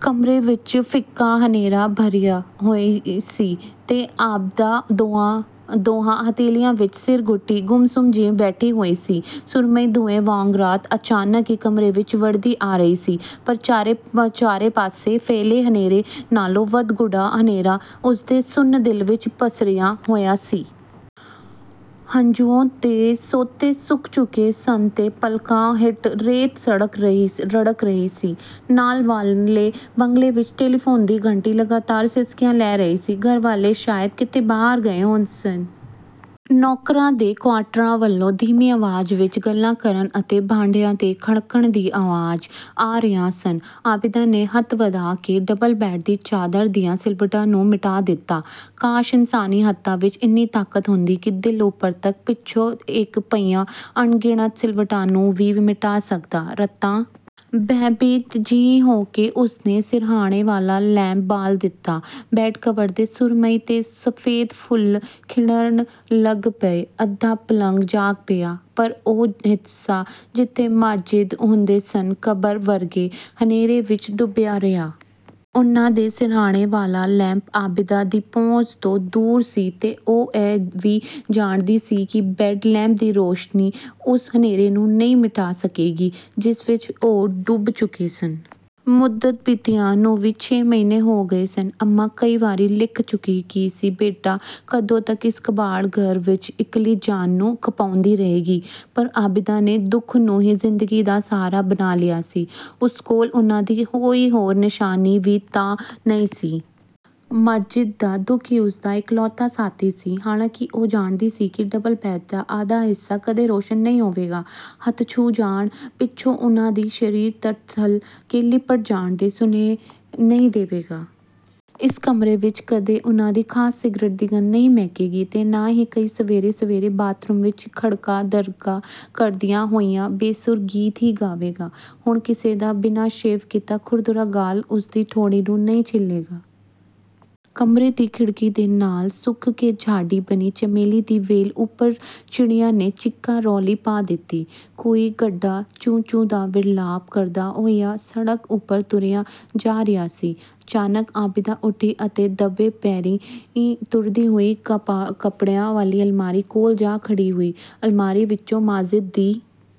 ਕਮਰੇ ਵਿੱਚ ਫਿੱਕਾ ਹਨੇਰਾ ਭਰਿਆ ਹੋਇਆ ਸੀ ਤੇ ਆਬਿਦਾ ਦੋਵਾਂ ਹਥੇਲੀਆਂ ਵਿੱਚ ਸਿਰ ਘੁੱਟੀ, ਗੁੰਮ-ਸੁੰਮ ਜਿਹੀ ਬੈਠੀ ਹੋਈ ਸੀ। ਸੁਰਮਈ ਧੁੰਏਂ ਵਾਂਗ ਰਾਤ, ਅਚਾਨਕ ਹੀ, ਕਮਰੇ ਵਿੱਚ ਵੜਦੀ ਆ ਰਹੀ ਸੀ। ਪਰ ਚਾਰੇ ਪਾਸੇ ਫੈਲੇ ਹਨੇਰੇ ਨਾਲੋਂ ਵੱਧ ਗੂੜ੍ਹਾ ਹਨੇਰਾ ਉਸਦੇ ਸੁੰਨ ਦਿਲ ਵਿੱਚ ਪਸਰਿਆ ਹੋਇਆ ਸੀ। ਹੰਝੂਆਂ ਦੇ ਸੋਤੇ ਸੁੱਕ ਚੁੱਕੇ ਸਨ ਤੇ ਪਲਕਾਂ ਹੇਠ ਰੇਤ ਰੜਕ ਰਹੀ ਸੀ। ਨਾਲ ਵਾਲੇ ਬੰਗਲੇ ਵਿੱਚ ਟੈਲੀਫੋਨ ਦੀ ਘੰਟੀ ਲਗਾਤਾਰ ਸਿਸਕੀਆਂ ਲੈ ਰਹੀ ਸੀ। ਘਰ ਵਾਲੇ ਸ਼ਾਇਦ ਕਿਤੇ ਬਾਹਰ ਗਏ ਹੋਏ ਸਨ। ਨੌਕਰਾਂ ਦੇ ਕੁਆਰਟਰਾਂ ਵੱਲੋਂ ਧੀਮੀ ਆਵਾਜ਼ ਵਿੱਚ ਗੱਲਾਂ ਕਰਨ ਅਤੇ ਭਾਂਡਿਆਂ ਦੇ ਖੜਕਣ ਦੀਆਂ ਆਵਾਜ਼ਾਂ ਆ ਰਹੀਆਂ ਸਨ। ਆਬਿਦਾ ਨੇ ਹੱਥ ਵਧਾ ਕੇ ਡਬਲ-ਬੈੱਡ ਦੀ ਚਾਦਰ ਦੀਆਂ ਸਿਲਵਟਾਂ ਨੂੰ ਮਿਟਾ ਦਿੱਤਾ। ਕਾਸ਼, ਇਨਸਾਨੀ ਹੱਥਾਂ ਵਿੱਚ ਇੰਨੀ ਤਾਕਤ ਹੁੰਦੀ ਕਿ ਦਿਲ ਉੱਪਰ ਇੱਕ ਪਿੱਛੋਂ ਇੱਕ ਪਈਆਂ ਅਣਗਿਣਤ ਸਿਲਵਟਾਂ ਨੂੰ ਵੀ ਮਿਟਾ ਸਕਦਾ। ਰਤਾ ਭੈਭੀਤ ਜਿਹੀ ਹੋ ਕੇ ਉਸਨੇ ਸਿਰਹਾਣੇ ਵਾਲਾ ਲੈਂਪ ਬਾਲ ਦਿੱਤਾ। ਬੈੱਡ-ਕਵਰ ਦੇ ਸੁਰਮਈ ਤੇ ਸਫ਼ੇਦ ਫੁੱਲ ਖਿੜਣ ਲੱਗ ਪਏ। ਅੱਧਾ ਪਲੰਘ ਜਾਗ ਪਿਆ। ਪਰ ਉਹ ਹਿੱਸਾ ਜਿੱਥੇ ਮਾਜਿਦ ਹੁੰਦੇ ਸਨ, ਕਬਰ ਵਰਗੇ ਹਨੇਰੇ ਵਿੱਚ ਡੁੱਬਿਆ ਰਿਹਾ। ਉਨ੍ਹਾਂ ਦੇ ਸਿਰਹਾਣੇ ਵਾਲਾ ਲੈਂਪ ਆਬਿਦਾ ਦੀ ਪਹੁੰਚ ਤੋਂ ਦੂਰ ਸੀ ਤੇ ਉਹ ਇਹ ਵੀ ਜਾਣਦੀ ਸੀ ਕਿ ਬੈੱਡ-ਲੈਂਪ ਦੀ ਰੌਸ਼ਨੀ ਉਸ ਹਨੇਰੇ ਨੂੰ ਨਹੀਂ ਮਿਟਾ ਸਕੇਗੀ, ਜਿਸ ਵਿੱਚ ਉਹ ਡੁੱਬ ਚੁੱਕੇ ਸਨ। ਮੁੱਦਤ ਬੀਤੀਆਂ ਨੂੰ ਵੀ ਛੇ ਮਹੀਨੇ ਹੋ ਗਏ ਸਨ। ਅੰਮਾਂ ਕਈ ਵਾਰੀ ਲਿਖ ਚੁੱਕੀ ਸੀ ਕਿ ਬੇਟਾ ਕਦੋਂ ਤੱਕ ਇਸ ਕਬਾੜ-ਘਰ ਵਿੱਚ ਇਕੱਲੀ ਜਾਨ ਨੂੰ ਖਪਾਉਂਦੀ ਰਹੇਂਗੀ? ਪਰ ਆਬਿਦਾ ਨੇ ਦੁੱਖ ਨੂੰ ਹੀ ਜ਼ਿੰਦਗੀ ਦਾ ਸਹਾਰਾ ਬਣਾ ਲਿਆ ਸੀ, ਉਸ ਕੋਲ ਉਨ੍ਹਾਂ ਦੀ ਕੋਈ ਹੋਰ ਨਿਸ਼ਾਨੀ ਵੀ ਤਾਂ ਨਹੀਂ ਸੀ। ਮਾਜਿਦ ਦਾ ਦੁੱਖ ਹੀ ਉਸਦਾ ਇਕਲੌਤਾ ਸਾਥੀ ਸੀ। ਹਾਲਾਂਕਿ ਉਹ ਜਾਣਦੀ ਸੀ ਕਿ, ਡਬਲ-ਬੈੱਡ ਦਾ ਅੱਧਾ ਹਿੱਸਾ ਕਦੇ ਰੌਸ਼ਨ ਨਹੀਂ ਹੋਵੇਗਾ, ਹੱਥ ਛੂਹ ਜਾਣ ਪਿੱਛੋਂ ਉਨ੍ਹਾਂ ਦਾ ਸਰੀਰ ਤਰਥੱਲ ਕੇ ਲਿਪਟ ਜਾਣ ਦੇ ਸੁਨੇਹੇ ਨਹੀਂ ਦੇਵੇਗਾ। ਇਸ ਕਮਰੇ ਵਿੱਚ ਕਦੇ ਉਨ੍ਹਾਂ ਦੇ ਖਾਸ ਸਿਗਰਟ ਦੀ ਗੰਧ ਨਹੀਂ ਮਹਿਕੇਗੀ ਤੇ ਨਾ ਹੀ ਕੋਈ ਸਵੇਰੇ-ਸਵੇਰੇ ਬਾਥਰੂਮ ਵਿੱਚ ਖੜਕਾ-ਦੜਕਾ ਕਰਦਿਆਂ ਹੋਇਆਂ, ਬੇਸੁਰੇ ਗੀਤ ਹੀ ਗਾਵੇਗਾ। ਹੁਣ ਕਿਸੇ ਦਾ ਬਿਨਾਂ ਸ਼ੇਵ ਕੀਤਾ ਖੁਰਦਰਾ ਗੱਲ ਉਸਦੀ ਠੋਡੀ ਨੂੰ ਨਹੀਂ ਛਿੱਲੇਗਾ। ਕਮਰੇ ਦੀ ਖਿੜਕੀ ਦੇ ਨਾਲ ਸੁੱਕ ਕੇ ਝਾੜੀ ਬਣੀ ਚਮੇਲੀ ਦੀ ਵੇਲ ਉੱਪਰ ਚਿੜੀਆਂ ਨੇ ਚੀਕਾ-ਰੌਲੀ ਪਾ ਦਿੱਤੀ। ਕੋਈ ਗੱਡਾ 'ਚੂੰ-ਚੂੰ' ਦਾ ਵਿਰਲਾਪ ਕਰਦਾ ਹੋਇਆ ਸੜਕ ਉੱਪਰ ਤੁਰਿਆ ਜਾ ਰਿਹਾ ਸੀ। ਅਚਾਨਕ ਆਬਿਦਾ ਉੱਠੀ ਤੇ ਦੱਬੇ ਪੈਰੀਂ ਤੁਰਦੀ ਹੋਈ ਕੱਪੜਿਆਂ ਵਾਲੀ ਅਲਮਾਰੀ ਕੋਲ ਜਾ ਖੜ੍ਹੀ ਹੋਈ। ਅਲਮਾਰੀ ਵਿੱਚੋਂ ਮਾਜਿਦ ਦੀ